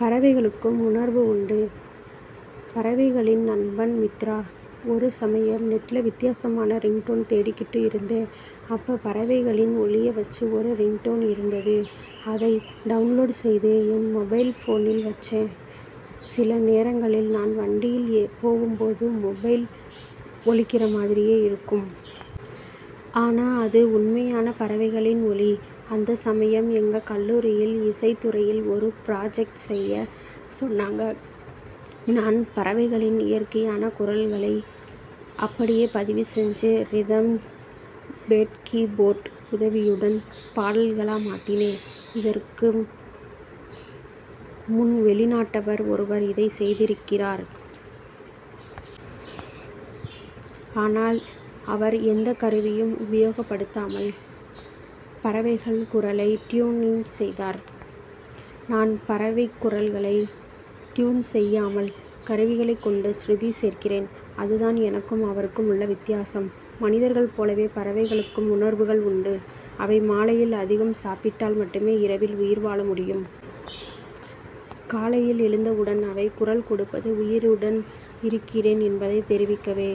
பறவைகளுக்கும் உணர்வு உண்டு: பறவைகளின் நண்பன் மித்ரா: ஒரு சமயம், நெட்ல வித்தியாசமான ரிங்டோன் தேடிக்கிட்டு இருந்தேன். அப்ப, பறவைகளின் ஒலிய வச்சு ஒரு ரிங்டோன் இருந்தது. அதை டவுன்லோட் செய்து, என் மொபைல் போனில் வச்சேன். சில நேரங்களில் நான் வண்டியில் போகும்போது, மொபைல் ஒலிக்கிற மாதிரியே இருக்கும். ஆனா, அது உண்மையான பறவைகளின் ஒலி. அந்த சமயம், எங்க கல்லூரியில் இசைத் துறையில் ஒரு புராஜெக்ட் செய்ய சொன்னாங்க. நான் பறவைகளின் இயற்கையான குரல்களை அப்படியே பதிவு செஞ்சு, ரிதம் பேட் கீ போர்ட் உதவியுடன் பாடல்களா மாத்தினேன். இதற்கு முன், வெளிநாட்டவர் ஒருவர் இதை செய்திருக்கிறார். ஆனால், அவர் எந்தக் கருவியும் உபயோகப்படுத்தாமல், பறவைகள் குரலை டியூனிங் செய்தார். நான் பறவைக் குரல்களை டியூன் செய்யாமல், கருவிகளைக் கொண்டு ஸ்ருதி சேர்க்கிறேன். அது தான் எனக்கும், அவருக்கும் உள்ள வித்தியாசம். மனிதர்கள் போலவே, பறவைகளுக்கும் உணர்வுகள் உண்டு. அவை மாலையில் அதிகம் சாப்பிட்டால் மட்டுமே, இரவில் உயிர் வாழ முடியும். காலையில் எழுந்தவுடன் அவை குரல் கொடுப்பது, உயிருடன் இருக்கிறேன் என்பதை தெரிவிக்கவே!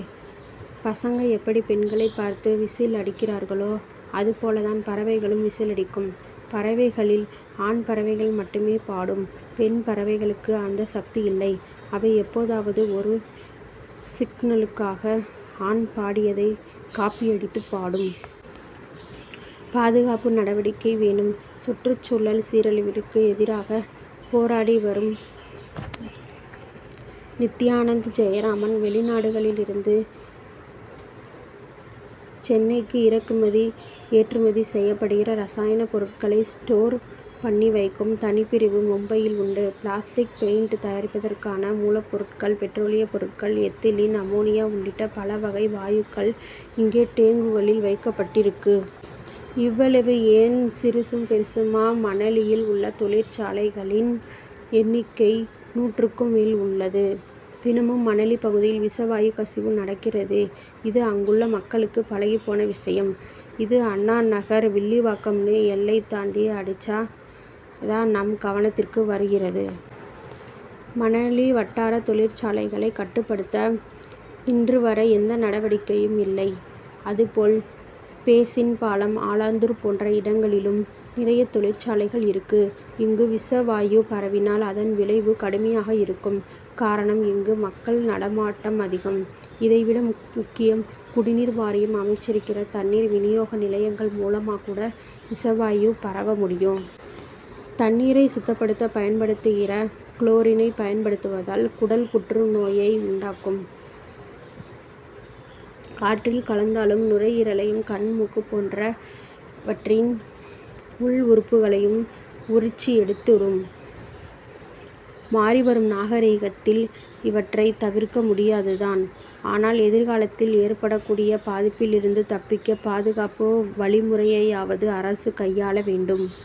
பசங்க எப்படி பெண்களைப் பார்த்து விசில் அடிக்கிறார்களோ, அது போல தான் பறவைகளும், விசில் அடிக்கும். பறவைகளில் ஆண் பறவைகள் மட்டுமே பாடும். பெண் பறவைகளுக்கு அந்த சக்தி இல்லை. அவை எப்போதாவது ஒரு சிக்னலுக்காக, ஆண் பாடியதைக் காப்பியடித்துப் பாடும். பாதுகாப்பு நடவடிக்கை வேணும்: சுற்றுச்சூழல் சீரழிவிற்கு எதிராகப் போராடி வரும் நித்யானந்த் ஜெயராமன்: வெளிநாடுகளிலிருந்து சென்னைக்கு இறக்குமதி, ஏற்றுமதி செய்யப்படுகிற ரசாயனப் பொருட்களை ஸ்டோர் பண்ணி வைக்கும் தனிப்பிரிவு மும்பையில் உண்டு. பிளாஸ்டிக், பெயின்ட் தயாரிப்பதற்கான மூலப்பொருட்கள், பெட்ரோலியப் பொருள்கள், எத்திலீன், அமோனியா உள்ளிட்ட பல வகை வாயுக்கள் இங்கே டேங்குகளில் வைக்கப்பட்டிருக்கு. இவ்வளவு ஏன்சிறுசும், பெருசுமா மணலியில் உள்ள தொழிற்சாலைகளின் எண்ணிக்கை நூற்றுக்கும் மேல் உள்ளது. தினமும், மணலி பகுதியில் விஷ வாயு கசிவு நடக்கிறது இது அங்குள்ள மக்களுக்கு பழகிப் போன விஷயம். இது, அண்ணா நகர், வில்லிவாக்கம்ன்னு எல்லை தாண்டி அடிச்சா தான் நம் கவனத்திற்கு வருகிறது. மணலி வட்டாரத் தொழிற்சாலைகளைக் கட்டுப்படுத்த, இன்று வரை எந்த நடவடிக்கையும் இல்லை. அதுபோல், பேசின் பாலம், ஆலந்தூர் போன்ற இடங்களிலும் நிறைய தொழிற்சாலைகள் இருக்கு; இங்கு விஷவாயு பரவினால், அதன் விளைவு கடுமையாக இருக்கும். காரணம் இங்கு மக்கள் நடமாட்டம் அதிகம். இதை விட முக்கியம், குடிநீர் வாரியம் அமைச்சிருக்கிற தண்ணீர் வினியோக நிலையங்கள் மூலமா கூட விஷவாயு பரவ முடியும். தண்ணீரை சுத்தப்படுத்த பயன்படுத்துற குளோரினை பயன்படுத்துவதால், குடல் புற்று நோயை உண்டாக்கும். காற்றில் கலந்தாலும், நுரையீரலையும் கண், மூக்கு போன்றவற்றின் உள் உறுப்புகளையும் உரிச்சு எடுத்துடும். மாறிவரும் நாகரிகத்தில் இவற்றை தவிர்க்க முடியாது தான்; ஆனால், எதிர்காலத்தில் ஏற்படக்கூடிய பாதிப்பிலிருந்து தப்பிக்க, பாதுகாப்பு வழிமுறையையாவது அரசு கையாள வேண்டும்.